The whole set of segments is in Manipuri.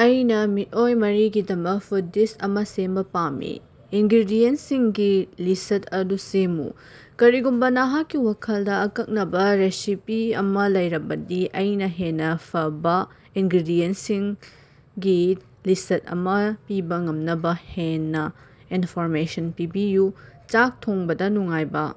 ꯑꯩꯅꯥ ꯃꯤꯑꯣꯏ ꯃꯔꯤꯒꯤꯗꯃꯛ ꯐꯨꯠ ꯗꯤꯁ ꯑꯃ ꯁꯦꯝꯕ ꯄꯥꯝꯃꯤ꯫ ꯏꯟꯒ꯭ꯔꯦꯗꯤꯌꯦꯟꯁꯤꯡꯒꯤ ꯂꯤꯁ꯭ꯠ ꯑꯗꯨ ꯁꯦꯝꯃꯨ꯫ ꯀꯔꯤꯒꯨꯝꯕ ꯅꯍꯥꯛꯀꯤ ꯋꯥꯈꯜꯗ ꯑꯀꯛꯅꯕꯥ ꯔꯦꯁꯤꯄꯤ ꯑꯃ ꯂꯩꯔꯕꯗꯤ, ꯑꯩꯅꯥ ꯍꯦꯟꯅ ꯐꯕꯥ ꯏꯟꯒ꯭ꯔꯦꯗꯤꯌꯦꯟꯇꯁꯤꯡꯒꯤ ꯂꯤꯁ꯭ꯠ ꯑꯃ ꯄꯤꯕ ꯉꯝꯅꯕ ꯍꯦꯟꯅ ꯏꯟꯐꯣꯔꯃꯦꯁꯟ ꯄꯤꯕꯤꯌꯨ꯫ ꯆꯥꯛ ꯊꯣꯡꯕꯗꯥ ꯅꯨꯡꯉꯥꯏꯕ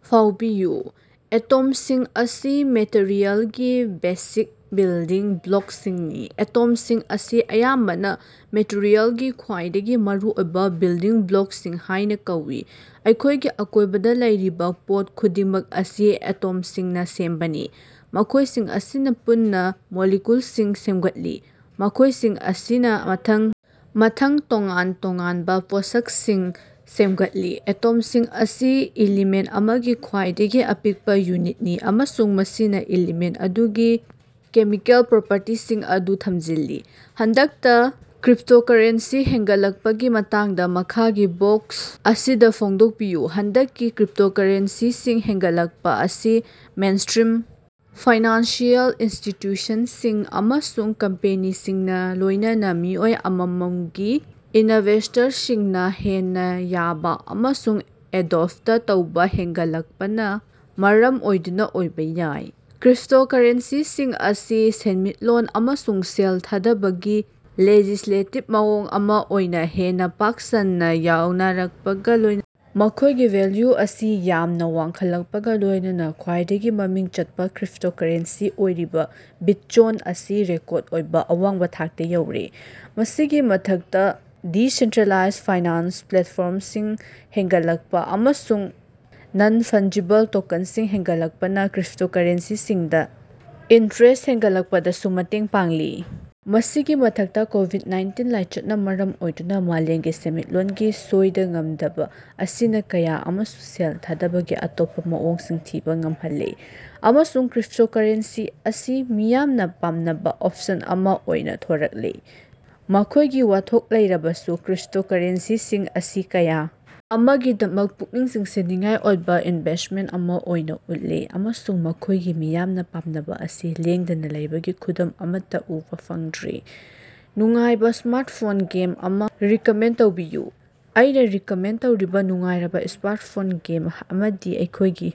ꯐꯥꯎꯕꯤꯌꯨ꯫ ꯑꯦꯇꯣꯝꯁꯤꯡ ꯑꯁꯤ ꯃꯦꯇꯔꯤꯑꯦꯜꯒꯤ ꯕꯦꯁꯤꯛ ꯕꯤꯜꯗꯤꯡ ꯕ꯭ꯂꯣꯛꯁꯤꯡꯅꯤ꯫ ꯑꯦꯇꯣꯝꯁꯤꯡ ꯑꯁꯤ ꯑꯌꯥꯝꯕꯅ ꯃꯦꯇꯔꯤꯑꯦꯜꯒꯤ ꯈ꯭ꯋꯥꯏꯗꯒꯤ ꯃꯔꯨꯑꯣꯏꯕ ꯕꯤꯜꯗꯤꯡ ꯕ꯭ꯂꯣꯛꯁꯤꯡ ꯍꯥꯏꯅ ꯀꯧꯏ꯫ ꯑꯩꯈꯣꯏꯒꯤ ꯑꯀꯣꯏꯕꯗ ꯂꯩꯔꯤꯕ ꯄꯣꯠ ꯈꯨꯗꯤꯡꯃꯛ ꯑꯁꯤ ꯑꯦꯇꯣꯝꯁꯤꯡꯅ ꯁꯦꯝꯕꯅꯤ, ꯃꯈꯣꯏꯁꯤꯡ ꯑꯁꯤꯅ ꯄꯨꯟꯅ ꯃꯣꯂꯤꯀꯨꯜꯁꯤꯡ ꯁꯦꯝꯒꯠꯂꯤ, ꯃꯈꯣꯏꯁꯤꯡ ꯑꯁꯤꯅ ꯃꯊꯪ ꯃꯊꯪ ꯇꯣꯉꯥꯟ ꯇꯣꯉꯥꯟꯕ ꯄꯣꯠꯁꯛꯁꯤꯡ ꯁꯦꯝꯒꯠꯂꯤ꯫ ꯑꯦꯇꯣꯝꯁꯤꯡ ꯑꯁꯤ ꯏꯂꯤꯃꯦꯟ ꯑꯃꯒꯤ ꯈ꯭ꯋꯥꯏꯗꯒꯤ ꯑꯄꯤꯛꯄꯥ ꯌꯨꯅꯤꯠꯅꯤ ꯑꯃꯁꯨꯡ ꯃꯁꯤꯅ ꯏꯂꯤꯃꯦꯟ ꯑꯗꯨꯒꯤ ꯀꯦꯃꯤꯀꯦꯜ ꯄ꯭ꯔꯣꯄꯔꯇꯤꯁꯤꯡ ꯑꯗꯨ ꯊꯝꯖꯤꯜꯂꯤ꯫ ꯍꯟꯗꯛꯇꯥ ꯀ꯭ꯔꯤꯞꯇꯣꯀꯔꯦꯟꯁꯤ ꯍꯦꯟꯒꯠꯂꯛꯄꯒꯤ ꯃꯇꯥꯡꯗ ꯃꯈꯥꯒꯤ ꯕꯣꯛꯁ ꯑꯁꯤꯗ ꯐꯣꯡꯗꯣꯛꯄꯤꯌꯨ꯫ ꯍꯟꯗꯛꯀꯤ ꯀ꯭ꯔꯤꯞꯇꯣꯀꯔꯦꯟꯁꯤꯁꯤꯡ ꯍꯦꯟꯒꯠꯂꯛꯄ ꯑꯁꯤ ꯃꯦꯟꯁ꯭ꯇꯔꯤꯝ ꯐꯥꯏꯅꯥꯟꯁꯤꯑꯦꯜ ꯏꯟꯁꯇꯤꯇꯌꯨꯁꯟꯁꯤꯡ ꯑꯃꯁꯨꯡ ꯀꯝꯄꯦꯅꯤꯁꯤꯡꯅ, ꯂꯣꯏꯅꯅ ꯃꯤꯑꯣꯏ ꯑꯃꯝꯃꯒꯤ ꯏꯅꯚꯦꯁ꯭ꯇꯔꯁꯤꯡꯅ ꯍꯦꯟꯅ ꯌꯥꯕ ꯑꯃꯁꯨꯡ ꯑꯦꯗꯣꯞꯇ ꯇꯧꯕꯥ ꯍꯦꯟꯒꯠꯂꯛꯄꯅ ꯃꯔꯝ ꯑꯣꯏꯗꯨꯅ ꯑꯣꯏꯕ ꯌꯥꯏ꯫ ꯀ꯭ꯔꯤꯞꯇꯣꯀꯔꯦꯟꯁꯤꯁꯤꯡ ꯑꯁꯤ ꯁꯦꯟꯃꯤꯠꯂꯣꯟ ꯑꯃꯁꯨꯡ ꯁꯦꯜ ꯊꯥꯗꯕꯒꯤ ꯂꯦꯖꯤꯁꯂꯦꯇꯤꯕ ꯃꯑꯣꯡ ꯑꯃ ꯑꯣꯏꯅ ꯍꯦꯟꯅ ꯄꯥꯛ ꯁꯟꯅ ꯌꯥꯅꯔꯛꯄꯒꯥ ꯂꯣꯏꯅꯅ ꯃꯈꯣꯏꯒꯤ ꯚꯦꯜꯌꯨ ꯑꯁꯤ ꯌꯥꯝꯅ ꯋꯥꯡꯈꯠꯂꯛꯄꯒ ꯂꯣꯏꯅꯅ ꯈꯋꯥ꯭ꯏꯗꯒꯤ ꯃꯃꯤꯡ ꯆꯠꯄ ꯀ꯭ꯔꯤꯞꯇꯣꯀꯔꯦꯟꯁꯤ ꯑꯣꯏꯔꯤꯕ ꯕꯤꯠꯆꯣꯟ ꯑꯁꯤ ꯔꯦꯀꯣꯔꯗ ꯑꯣꯏꯕ ꯑꯋꯥꯡꯕ ꯊꯥꯛꯇ ꯌꯧꯔꯦ꯫ ꯃꯁꯤꯒꯤ ꯃꯊꯛꯇꯥ, ꯗꯤꯁꯦꯟꯇ꯭ꯔꯦꯂꯥꯏꯖ ꯐꯥꯏꯅꯥꯟꯁ ꯄ꯭ꯂꯦꯠꯐꯣꯔꯝꯁꯤꯡ ꯍꯦꯟꯒꯠꯂꯛꯄ ꯑꯃꯁꯨꯡ ꯅꯟ-ꯐꯪꯖꯤꯕꯜ ꯇꯣꯀꯟꯁꯤꯡ ꯍꯦꯟꯒꯠꯂꯛꯄꯅ ꯀ꯭ꯔꯤꯞꯇꯣꯀꯔꯦꯟꯁꯤꯁꯤꯡꯗꯥ ꯏꯟꯇ꯭ꯔꯦꯁ ꯍꯦꯟꯒꯠꯂꯛꯄꯗꯁꯨ ꯃꯇꯦꯡ ꯄꯥꯡꯂꯤ꯫ ꯃꯁꯤꯒꯤ ꯃꯊꯛꯇꯥ, ꯀꯣꯕꯤꯗ-ꯅꯥꯏꯟꯇꯤꯟ ꯂꯥꯏꯆꯠꯅ ꯃꯔꯝ ꯑꯣꯏꯗꯨꯅ ꯃꯥꯂꯦꯝꯒꯤ ꯁꯦꯟꯃꯤꯠꯂꯣꯟꯒꯤ ꯁꯣꯏꯗ-ꯉꯥꯝꯗꯕ ꯑꯁꯤꯅꯥ ꯀꯌꯥ ꯑꯃꯁꯨ ꯁꯦꯜ ꯊꯥꯗꯕꯒꯤ ꯑꯇꯣꯞꯄꯥ ꯃꯑꯣꯡꯁꯤꯡ ꯊꯤꯕꯥ ꯉꯝꯍꯜꯂꯦ, ꯑꯃꯁꯨꯡ ꯀ꯭ꯔꯤꯞꯇꯣꯀꯔꯦꯟꯁꯤ ꯑꯁꯤ ꯃꯤꯌꯥꯝꯅ ꯄꯥꯝꯅꯕ ꯑꯣꯞꯁꯟ ꯑꯃ ꯑꯣꯏꯅ ꯊꯣꯔꯛꯂꯦ꯫ ꯃꯈꯣꯏꯒꯤ ꯋꯥꯊꯣꯛ ꯂꯩꯔꯕꯁꯨ, ꯀ꯭ꯔꯤꯞꯇꯣꯀꯔꯦꯟꯁꯤꯁꯤꯡ ꯑꯁꯤ ꯀꯌꯥ ꯑꯃꯒꯤꯗꯃꯛ ꯄꯨꯛꯅꯤꯡ ꯆꯤꯡꯁꯤꯟꯅꯤꯡꯉꯥꯏ ꯑꯣꯏꯕꯥ ꯏꯟꯚꯦꯁ꯭ꯇꯃꯦꯟ ꯑꯃ ꯑꯣꯏꯅ ꯎꯠꯂꯦ ꯑꯃꯁꯨꯡ ꯃꯈꯣꯏꯒꯤ ꯃꯤꯌꯥꯝꯅ ꯄꯥꯝꯅꯕ ꯑꯁꯤ ꯂꯦꯡꯗꯅꯥ ꯂꯩꯕꯒꯤ ꯈꯨꯗꯝ ꯑꯃꯠꯇ ꯎꯕ ꯐꯪꯗ꯭ꯔꯤ꯫ ꯅꯨꯡꯉꯥꯏꯕ ꯁ꯭ꯃꯥꯔꯠꯐꯣꯟ ꯒꯦꯝ ꯑꯃ ꯔꯤꯀꯃꯦꯟ ꯇꯧꯕꯤꯌꯨ꯫ ꯑꯩꯅ ꯔꯤꯀꯃꯦꯟ ꯇꯧꯔꯤꯕ ꯅꯨꯡꯉꯥꯏꯔꯕ ꯁ꯭ꯃꯥꯔꯠꯐꯣꯟ ꯒꯦꯝ ꯑꯃꯗꯤ "ꯑꯩꯈꯣꯏꯒꯤ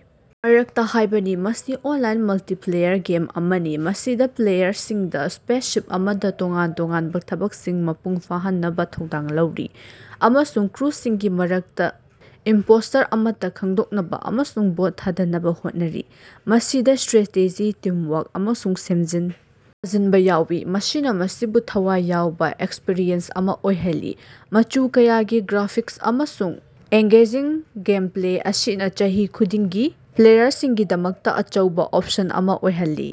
ꯃꯔꯛꯇꯥ" ꯍꯥꯏꯕꯅꯤ꯫ ꯃꯁꯤ ꯑꯣꯟꯂꯥꯏꯟ ꯃꯜꯇꯤꯄ꯭ꯂꯦꯌꯔ ꯒꯦꯝ ꯑꯃꯅꯤ ꯃꯁꯤꯗ ꯄ꯭ꯂꯦꯌꯔꯁꯤꯡꯗꯥ ꯁ꯭ꯄꯦꯁꯁꯤꯞ ꯑꯃꯗ ꯇꯣꯉꯥꯟ ꯇꯣꯉꯥꯟꯕ ꯊꯕꯛꯁꯤꯡ ꯃꯄꯨꯡ ꯐꯥꯍꯟꯅꯕ ꯊꯧꯗꯥꯡ ꯂꯧꯔꯤ ꯑꯃꯁꯨꯡ ꯀ꯭ꯔꯨꯁꯤꯡꯒꯤ ꯃꯔꯛꯇꯥ ꯏꯝꯄꯣꯁꯇꯔ ꯑꯃꯠꯇ ꯈꯪꯗꯣꯛꯅꯕ ꯑꯃꯁꯨꯡ ꯚꯣꯠ ꯊꯥꯗꯅꯕ ꯍꯣꯠꯅꯔꯤ꯫ ꯃꯁꯤꯗꯥ ꯁꯇ꯭꯭ꯔꯦꯇꯦꯖꯤ, ꯇꯤꯝꯋꯥꯔꯛ ꯑꯃꯁꯨꯡ ꯁꯦꯝꯖꯤꯟ ꯁꯥꯖꯤꯟꯕ ꯌꯥꯎꯏ, ꯃꯁꯤꯅ ꯃꯁꯤꯕꯨ ꯊꯋꯥꯏ ꯌꯥꯎꯕ ꯑꯦꯛꯁꯄ꯭ꯔꯤꯌꯦꯟꯁ ꯑꯃ ꯑꯣꯏꯍꯜꯂꯤ꯫ ꯃꯆꯨ ꯀꯌꯥꯒꯤ ꯒ꯭ꯔꯥꯐꯤꯛꯁ ꯑꯃꯁꯨꯡ ꯑꯦꯡꯒꯦꯖꯤꯡ ꯒꯦꯝꯄ꯭ꯂꯦ ꯑꯁꯤꯅ ꯆꯍꯤ ꯈꯨꯗꯤꯡꯒꯤ ꯄ꯭ꯂꯦꯌꯔꯁꯤꯡꯒꯤꯗꯃꯛꯇꯥ ꯑꯆꯧꯕ ꯑꯣꯞꯁꯟ ꯑꯃ ꯑꯣꯏꯍꯜꯂꯤ꯫